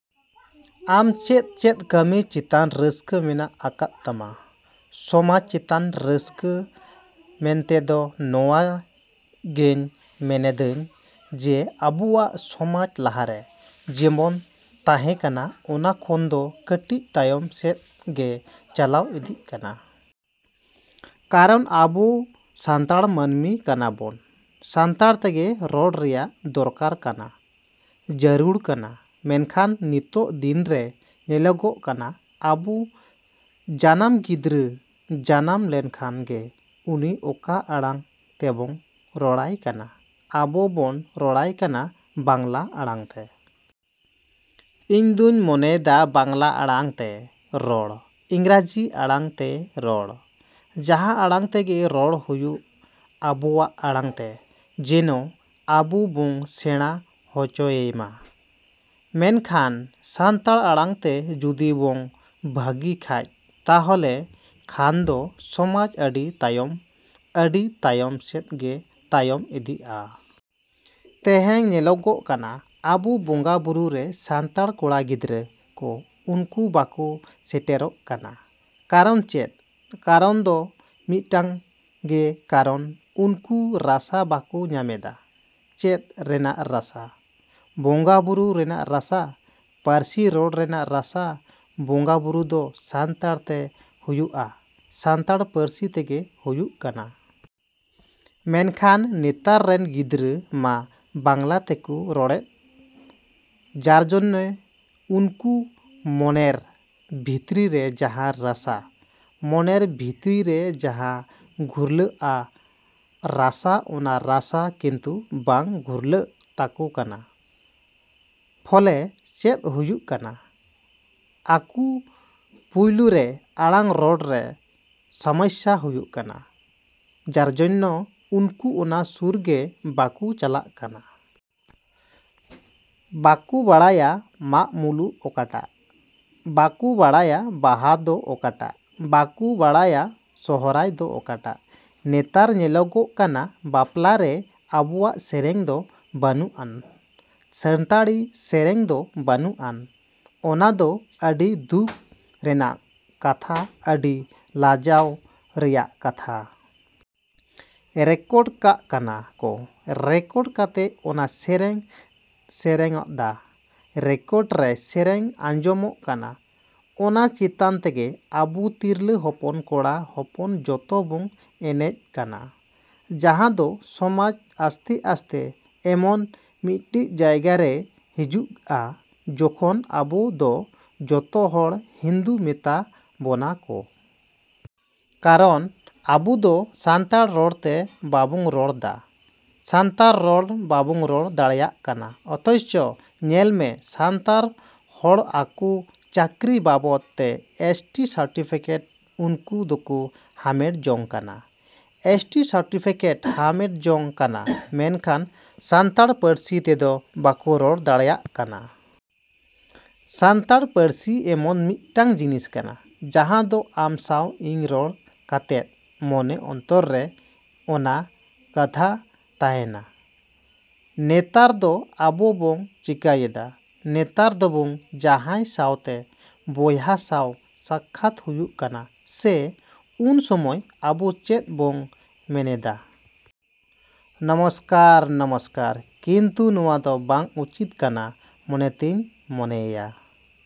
‎ᱟᱢ ᱪᱮᱫ ᱪᱮᱫ ᱠᱟᱹᱢᱤ ᱪᱮᱛᱟᱱ ᱨᱟᱹᱥᱠᱟᱹ ᱢᱮᱱᱟᱜ ᱟᱠᱟᱫ ᱛᱟᱢᱟ? ᱥᱚᱢᱟᱡᱽ ᱪᱮᱛᱟᱱ ᱨᱟᱹᱥᱠᱟᱹ ᱢᱮᱱᱛᱮᱫᱚ ᱱᱚᱣᱟ ᱜᱮᱧ ᱢᱮᱱᱮᱫᱟᱹᱧ ᱡᱮ ᱟᱵᱚᱣᱟᱜ ᱥᱚᱢᱟᱡᱽ ᱞᱟᱦᱟ ᱨᱮ ᱡᱮᱢᱚᱱ ᱛᱟᱦᱮᱸ ᱠᱟᱱᱟ ᱚᱱᱟ ᱠᱷᱚᱱ ᱫᱚ ᱠᱟᱹᱴᱤᱡ ᱛᱟᱭᱚᱢ ᱥᱮᱫ ᱜᱮ ᱪᱟᱞᱟᱣ ᱤᱫᱤᱜ ᱠᱟᱱᱟ᱾ ᱠᱟᱨᱚᱱ ᱟᱵᱚ ᱥᱟᱱᱛᱟᱲ ᱢᱟᱹᱱᱢᱤ ᱠᱟᱱᱟ ᱵᱚᱱ, ᱥᱟᱱᱛᱟᱲ ᱛᱮᱜᱮ ᱨᱚᱲ ᱨᱮᱱᱟᱜ ᱫᱚᱨᱠᱟᱨ ᱠᱟᱱᱟ, ᱡᱟᱹᱨᱩᱲ ᱠᱟᱱᱟ᱾ ᱢᱮᱱᱠᱷᱟᱱ ᱱᱤᱛᱚᱜ ᱫᱤᱱ ᱨᱮ ᱧᱮᱞᱚᱜᱚᱜ ᱠᱟᱱᱟ ᱟᱵᱚ ᱡᱟᱱᱟᱢ ᱜᱤᱫᱽᱨᱟᱹ ᱡᱟᱱᱟᱢ ᱞᱮᱱᱠᱷᱟᱱ ᱜᱮ ᱩᱱᱤ ᱚᱠᱟ ᱟᱲᱟᱝ ᱛᱮᱵᱚᱱ ᱨᱚᱲᱟᱭ ᱠᱟᱱᱟ? ᱟᱵᱚ ᱵᱚᱱ ᱨᱚᱲᱟᱭ ᱠᱟᱱᱟ ᱵᱟᱝᱞᱟ ᱟᱲᱟᱝ ᱛᱮ᱾ ᱤᱧᱫᱩᱧ ᱢᱮᱱᱮᱫᱟ ᱵᱟᱝᱞᱟ ᱟᱲᱟᱝ ᱛᱮ ᱨᱚᱲ, ᱤᱝᱨᱮᱡᱤ ᱟᱲᱟᱝ ᱛᱮ ᱨᱚᱲ, ᱡᱟᱦᱟᱸ ᱟᱲᱟᱝ ᱛᱮᱜᱮ ᱨᱚᱲ ᱦᱩᱭᱩᱜ, ᱟᱵᱚᱣᱟᱜ ᱟᱲᱟᱝ ᱛᱮ ᱡᱮᱱᱚ ᱟᱵᱚ ᱵᱚᱱ ᱥᱮᱬᱟ ᱦᱚᱪᱚᱭᱮᱢᱟ᱾ ᱢᱮᱱᱠᱷᱟᱱ ᱥᱟᱱᱛᱟᱲ ᱟᱲᱟᱝ ᱛᱮ ᱡᱩᱫᱤ ᱵᱚᱱ ᱵᱷᱟᱹᱜᱤ ᱠᱷᱟᱡ ᱛᱟᱦᱚᱞᱮ ᱠᱷᱟᱱᱫᱚ ᱥᱚᱢᱟᱡᱽ ᱟᱹᱰᱤ ᱛᱟᱭᱚᱢ, ᱟᱹᱰᱤ ᱛᱟᱭᱚᱢ ᱥᱮᱫ ᱜᱮ ᱛᱟᱭᱚᱢ ᱤᱫᱤᱜᱼᱟ᱾ ᱛᱮᱦᱮᱧ ᱧᱮᱞᱚᱜᱚᱜ ᱠᱟᱱᱟ ᱟᱵᱚ ᱵᱚᱸᱜᱟ ᱵᱩᱨᱩ ᱨᱮ ᱥᱟᱱᱛᱟᱲ ᱠᱚᱲᱟ ᱜᱤᱫᱽᱨᱟᱹ ᱠᱚ ᱩᱱᱠᱩ ᱵᱟᱠᱚ ᱥᱮᱴᱮᱨᱚᱜ ᱠᱟᱱᱟ᱾ ᱠᱟᱨᱚᱱ ᱪᱮᱫ? ᱠᱟᱨᱚᱱ ᱫᱚ ᱢᱤᱫᱴᱟᱹᱝ ᱜᱮ ᱠᱟᱨᱚᱱ ᱩᱱᱠᱩ ᱨᱟᱥᱟ ᱵᱟᱠᱚ ᱧᱟᱢᱮᱫᱟ᱾ ᱪᱮᱫ ᱨᱮᱱᱟᱜ ᱨᱟᱥᱟ? ᱵᱚᱸᱜᱟ ᱵᱩᱨᱩ ᱨᱮᱱᱟᱜ ᱨᱟᱥᱟ, ᱯᱟᱹᱨᱥᱤ ᱨᱚᱲ ᱨᱮᱱᱟᱜ ᱨᱟᱥᱟ ᱵᱚᱸᱜᱟ ᱵᱩᱨᱩ ᱫᱚ ᱥᱟᱱᱛᱟᱲ ᱛᱮ ᱦᱩᱭᱩᱜᱼᱟ, ᱥᱟᱱᱛᱟᱲ ᱯᱟᱹᱨᱥᱤ ᱛᱮᱜᱮ ᱦᱩᱭᱩᱜ ᱠᱟᱱᱟ᱾ ᱢᱮᱱᱠᱷᱟᱱ ᱱᱮᱛᱟᱨ ᱨᱮᱱ ᱜᱤᱫᱽᱨᱟᱹ ᱢᱟ ᱵᱟᱝᱞᱟ ᱛᱮᱠᱚ ᱨᱚᱲᱮᱫ ᱡᱟᱨᱡᱚᱱᱱᱮ ᱩᱱᱠᱩ ᱢᱚᱱᱮᱨ ᱵᱷᱤᱛᱨᱤ ᱨᱮ ᱡᱟᱦᱟᱸ ᱨᱟᱥᱟ, ᱢᱚᱱᱮᱨ ᱵᱷᱤᱛᱨᱤ ᱨᱮ ᱡᱟᱦᱟᱸ ᱜᱩᱨᱞᱟᱹᱜᱼᱟ ᱨᱟᱥᱟ ᱚᱱᱟ ᱨᱟᱥᱟ ᱠᱤᱱᱛᱩ ᱵᱟᱝ ᱜᱩᱨᱞᱟᱹᱜ ᱛᱟᱠᱚ ᱠᱟᱱᱟ᱾ ᱯᱷᱚᱞᱮ ᱪᱮᱫ ᱦᱩᱭᱩᱜ ᱠᱟᱱᱟ? ᱟᱠᱚ ᱯᱩᱭᱞᱩ ᱨᱮ ᱟᱲᱟᱝ ᱨᱚᱲ ᱨᱮ ᱥᱚᱢᱚᱥᱥᱟ ᱦᱩᱭᱩᱜ ᱠᱟᱱᱟ ᱡᱟᱨᱡᱚᱱᱱᱚ ᱩᱱᱠᱩ ᱚᱱᱟ ᱥᱩᱨ ᱜᱮ ᱵᱟᱠᱚ ᱪᱟᱞᱟᱜ ᱠᱟᱱᱟ᱾ ᱵᱟᱠᱚ ᱵᱟᱲᱟᱭᱟ ᱢᱟᱜᱽᱢᱩᱞᱩᱜ ᱚᱠᱟᱴᱟᱜ, ᱵᱟᱠᱚ ᱵᱟᱲᱟᱭᱟ ᱵᱟᱦᱟ ᱫᱚ ᱚᱠᱟᱴᱟᱜ, ᱵᱟᱠᱚ ᱵᱟᱲᱟᱭᱟ ᱥᱚᱦᱨᱟᱭ ᱫᱚ ᱚᱠᱟᱴᱟᱜ᱾ ᱱᱮᱛᱟᱨ ᱧᱮᱞᱚᱜᱚᱜ ᱠᱟᱱᱟ ᱵᱟᱯᱞᱟ ᱨᱮ ᱟᱵᱚᱣᱟᱜ ᱥᱮᱨᱮᱧ ᱫᱚ ᱵᱟᱹᱱᱩᱜᱼᱟᱱ, ᱥᱟᱱᱛᱟᱲᱤ ᱥᱮᱨᱮᱧ ᱫᱚ ᱵᱟᱹᱱᱩᱜᱼᱟᱱ᱾ ᱚᱱᱟ ᱫᱚ ᱟᱹᱰᱤ ᱫᱩᱠ ᱨᱮᱱᱟᱜ ᱠᱟᱛᱷᱟ, ᱟᱹᱰᱤ ᱞᱟᱡᱟᱣ ᱨᱮᱭᱟᱜ ᱠᱟᱛᱷᱟ᱾ ᱨᱮᱠᱚᱰ ᱠᱟᱜ ᱠᱟᱱᱟ ᱠᱚ, ᱨᱮᱠᱚᱰ ᱠᱟᱛᱮ ᱚᱱᱟ ᱥᱮᱨᱮᱧ ᱥᱮᱨᱮᱧᱮᱫᱟ᱾ ᱨᱮᱠᱚᱰ ᱨᱮ ᱥᱮᱨᱮᱧ ᱟᱸᱡᱚᱢᱚᱜ ᱠᱟᱱᱟ ᱚᱱᱟ ᱪᱮᱛᱟᱱ ᱛᱮᱜᱮ ᱟᱵᱚ ᱛᱤᱨᱞᱟᱹ ᱦᱚᱯᱚᱱ, ᱠᱚᱲᱟ ᱦᱚᱯᱚᱱ ᱡᱚᱛᱚ ᱵᱚᱱ ᱮᱱᱮᱡ ᱠᱟᱱᱟ᱾ ᱡᱟᱦᱟᱸ ᱫᱚ ᱥᱚᱢᱟᱡᱽ ᱟᱥᱛᱮᱼᱟᱥᱛᱮ ᱮᱢᱚᱱ ᱢᱤᱫᱴᱤᱡ ᱡᱟᱭᱜᱟ ᱨᱮ ᱦᱤᱡᱩᱜᱼᱟ ᱡᱚᱠᱷᱚᱱ ᱟᱵᱚ ᱫᱚ ᱡᱚᱛᱚ ᱦᱚᱲ ᱦᱤᱱᱫᱩ ᱢᱮᱛᱟ ᱵᱚᱱᱟ ᱠᱚ᱾ ᱠᱟᱨᱚᱱ ᱟᱵᱚᱫᱚ ᱥᱟᱱᱛᱟᱲ ᱨᱚᱲ ᱛᱮ ᱵᱟᱵᱚᱱ ᱨᱚᱲ ᱫᱟ, ᱥᱟᱱᱛᱟᱲ ᱨᱚᱲ ᱵᱟᱵᱚᱱ ᱨᱚᱲ ᱫᱟᱲᱮᱭᱟᱜ ᱠᱟᱱᱟ᱾ ᱚᱛᱷᱚᱪᱚ ᱧᱮᱞᱢᱮ ᱥᱟᱱᱛᱟᱲ ᱦᱚᱲ ᱟᱠᱚ ᱪᱟᱹᱠᱨᱤ ᱵᱟᱵᱚᱛ ᱛᱮ ᱮᱥ. ᱴᱤ. ᱥᱟᱨᱴᱤᱯᱷᱤᱠᱮᱴ ᱩᱱᱠᱩ ᱫᱚᱠᱚ ᱦᱟᱢᱮᱴ ᱡᱚᱝ ᱠᱟᱱᱟ᱾ ᱮᱥ. ᱴᱤ. ᱥᱟᱨᱴᱤᱯᱷᱤᱠᱮᱴ ᱦᱟᱢᱮᱴ ᱡᱚᱝ ᱠᱟᱱᱟ ᱢᱮᱱᱠᱷᱟᱱ ᱥᱟᱱᱛᱟᱲ ᱯᱟᱹᱨᱥᱤ ᱛᱮᱫᱚ ᱵᱟᱠᱚ ᱨᱚᱲ ᱫᱟᱲᱮᱭᱟᱜ ᱠᱟᱱᱟ᱾ ᱥᱟᱱᱛᱟᱲ ᱯᱟᱹᱨᱥᱤ ᱮᱢᱚᱱ ᱢᱤᱫᱴᱟᱝ ᱡᱤᱱᱤᱥ ᱠᱟᱱᱟ ᱡᱟᱦᱟᱸ ᱫᱚ ᱟᱢ ᱥᱟᱶ ᱤᱧ ᱨᱚᱲ ᱠᱟᱛᱮᱫ ᱢᱚᱱᱮ ᱚᱱᱛᱚᱨ ᱨᱮ ᱚᱱᱟ ᱜᱟᱛᱷᱟ ᱛᱟᱦᱮᱱᱟ᱾ ᱱᱮᱛᱟᱨ ᱫᱚ ᱟᱵᱚᱼᱵᱚᱱ ᱪᱤᱠᱟᱹᱭᱮᱫᱟ? ᱱᱮᱛᱟᱨ ᱫᱚᱵᱚᱱ ᱡᱟᱦᱟᱸᱭ ᱥᱟᱶᱛᱮ ᱵᱚᱭᱦᱟ ᱥᱟᱶ ᱥᱟᱠᱠᱷᱟᱛ ᱦᱩᱭᱩᱜ ᱠᱟᱱᱟ ᱥᱮ ᱩᱱ ᱥᱚᱢᱚᱭ ᱟᱵᱚ ᱪᱮᱫ ᱵᱚᱱ ᱢᱮᱱᱮᱫᱟ? ᱱᱚᱢᱚᱥᱠᱟᱨ, ᱱᱚᱢᱚᱥᱠᱟᱨ᱾ ᱠᱤᱱᱛᱩ ᱱᱚᱣᱟ ᱫᱚ ᱵᱟᱝ ᱩᱪᱤᱛ ᱠᱟᱱᱟ ᱢᱮᱱᱛᱮᱧ ᱢᱚᱱᱮᱭᱟ᱾